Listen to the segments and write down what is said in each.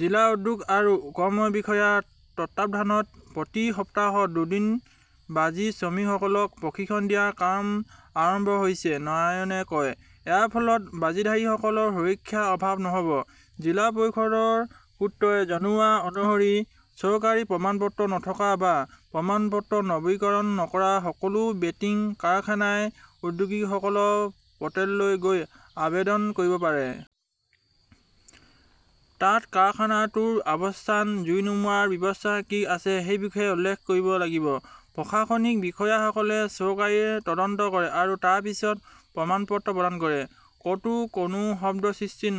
জিলা উদ্যোগ আৰু কৰ্মৰ বিষয়াৰ তত্বাৱধানত প্ৰতি সপ্তাহত দুদিন বাজি শ্ৰমিকসকলক প্ৰশিক্ষণ দিয়াৰ কাম আৰম্ভ হৈছে নাৰায়ণে কয়। ইয়াৰ ফলত বাজিধাৰীসকলৰ সুৰক্ষাৰ অভাৱ নহ'ব। জিলা পৰিষদৰ সূত্ৰই জনোৱা অনুসৰি চৰকাৰী প্ৰমাণপত্ৰ নথকা বা প্ৰমাণপত্ৰ নৱীকৰণ নকৰা সকলো বেটিং কাৰখানাই উদ্যোগীসকলৰ প'ৰ্টেললৈ গৈ আবেদন কৰিব পাৰে। তাত কাৰখানাটোৰ অৱস্থান, জুই নুমুৱাৰ ব্যৱস্থা কি আছে সেই বিষয়ে উল্লেখ কৰিব লাগিব। প্ৰশাসনিক বিষয়াসকলে চৰকাৰী তদন্ত কৰে আৰু তাৰ পিছত প্ৰমাণপত্ৰ প্ৰদান কৰে। ক'তো কোনো শব্দ সৃষ্টি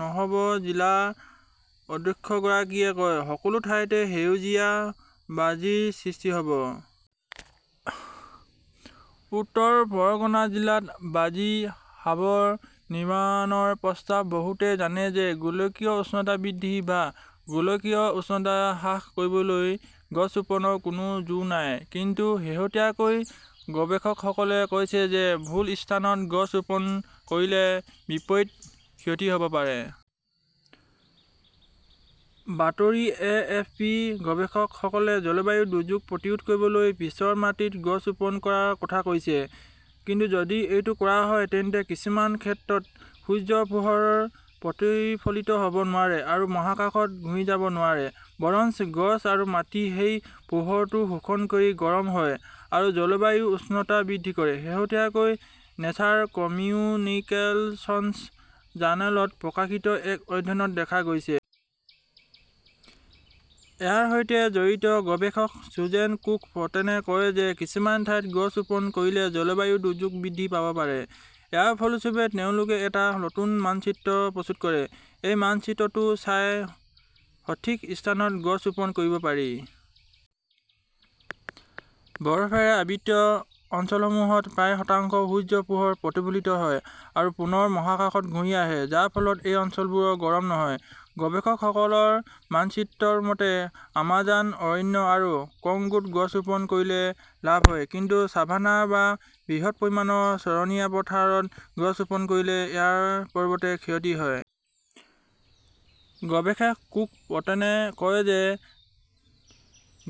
নহ'ব জিলা অধ্যক্ষগৰাকীয়ে কয়। সকলো ঠাইতে সেউজীয়া বাজিৰ সৃষ্টি হ'ব। উত্তৰ পৰগনা জিলাত 'বাজি হাব নিৰ্মাণৰ প্ৰস্তাৱ বহুতে জানে যে গোলকীয় উষ্ণতা বৃদ্ধি বা গোলকীয় উষ্ণতা হ্ৰাস কৰিবলৈ গছ ৰোপণৰ কোনো যোৰ নাই। কিন্তু শেহতীয়াকৈ গৱেষকসকলে কৈছে যে ভুল স্থানত গছ ৰোপণ কৰিলে বিপৰীত ক্ষতি হ 'ব পাৰে। বাতৰি-এ. এফ. পি. -গৱেষকসকলে জলবায়ু দুৰ্যোগ প্ৰতিৰোধ কৰিবলৈ পিছৰ মাটিত গছ ৰোপণ কৰাৰ কথা কৈছে। কিন্তু যদি এইটো কৰা হয় তেন্তে কিছুমান ক্ষেত্ৰত সূৰ্য্যৰ পোহৰ প্ৰতিফলিত হ 'ব নোৱাৰে আৰু মহাকাশত ঘূৰি যাব নোৱাৰে, বৰঞ্চ গছ আৰু মাটি সেই পোহৰটো শোষণ কৰি গৰম হয় আৰু জলবায়ুৰ উষ্ণতা বৃদ্ধি কৰে, শেহতীয়াকৈ নেচাৰ কমিউনিকেচনছ জাৰ্নেলত প্ৰকাশিত এক অধ্যয়নত দেখা গৈছে। ইয়াৰ সৈতে জড়িত গৱেষক চুজেন কুক-পেটনে কয় যে কিছুমান ঠাইত গছ ৰোপণ কৰিলে জলবায়ু দুৰ্যোগ বৃদ্ধি পাব পাৰে। ইয়াৰ ফলস্বৰূপে তেওঁলোকে এটা নতুন মানচিত্ৰ প্ৰস্তুত কৰে। এই মানচিত্ৰটো চাই সঠিক স্থানত গছ ৰোপণ কৰিব পাৰি। বৰফেৰে আবৃত অঞ্চলসমূহত প্ৰায় শতাংশ সূৰ্য্যৰ পোহৰ প্ৰতিফলিত হয় আৰু পুনৰ মহাকাশত ঘূৰি আহে, যাৰ ফলত এই অঞ্চলবোৰ গৰম নহয়। গৱেষকসকলৰ মানচিত্ৰৰ মতে, আমাজন অৰণ্য আৰু কংগোত গছ ৰোপণ কৰিলে লাভ হয়, কিন্তু ছাভানা বা বৃহৎ পৰিমাণৰ চৰণীয়া পথাৰত গছ ৰোপণ কৰিলে ইয়াৰ পৰিৱৰ্তে ক্ষতি হয়। গৱেষক কুক-পেটনে কয় যে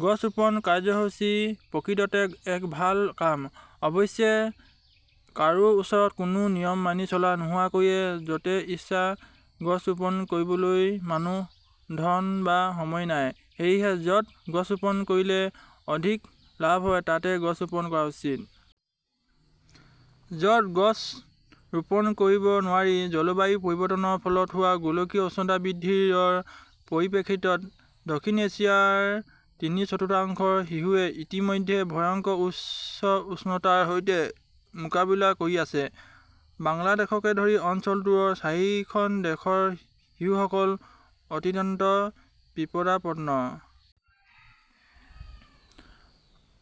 গছ ৰোপণ কাৰ্যসূচী প্ৰকৃততে এক ভাল কাম। অৱশ্যে, কাৰো ওচৰত কোনো নিয়ম মানি চলা নোহোৱাকৈ য 'তেই ইচ্ছা গছ ৰোপণ কৰিবলৈ মানুহ, ধন বা সময় নাই। সেয়েহে, য 'ত গছ ৰোপণ কৰিলে অধিক লাভ হয় তাতেই গছ ৰোপণ কৰা উচিত। য 'ত গছ ৰোপণ কৰিব নোৱাৰি জলবায়ু পৰিৱৰ্তনৰ ফলত হোৱা গোলকীয় উষ্ণতা বৃদ্ধিৰ পৰিপ্ৰেক্ষিতত দক্ষিণ এছিয়াৰ তিনি-চতুৰ্থাংশ শিশুৱে ইতিমধ্যে ভয়ংকৰ উচ্চ উষ্ণতাৰ সৈতে মোকাবিলা কৰি আছে। বাংলাদেশকে ধৰি অঞ্চলটোৰ চাৰিখন দেশৰ শিশুসকল অত্যন্ত বিপদাপন্ন।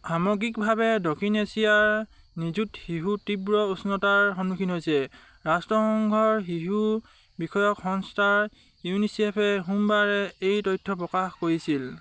সামগ্ৰিকভাৱে দক্ষিণ এছিয়াৰ নিযুত শিশু তীব্ৰ উষ্ণতাৰ সন্মুখীন হৈছে। ৰাষ্ট্ৰসংঘৰ শিশু বিষয়ক সংস্থা ইউনিচেফে সোমবাৰে এই তথ্য প্ৰকাশ কৰিছিল।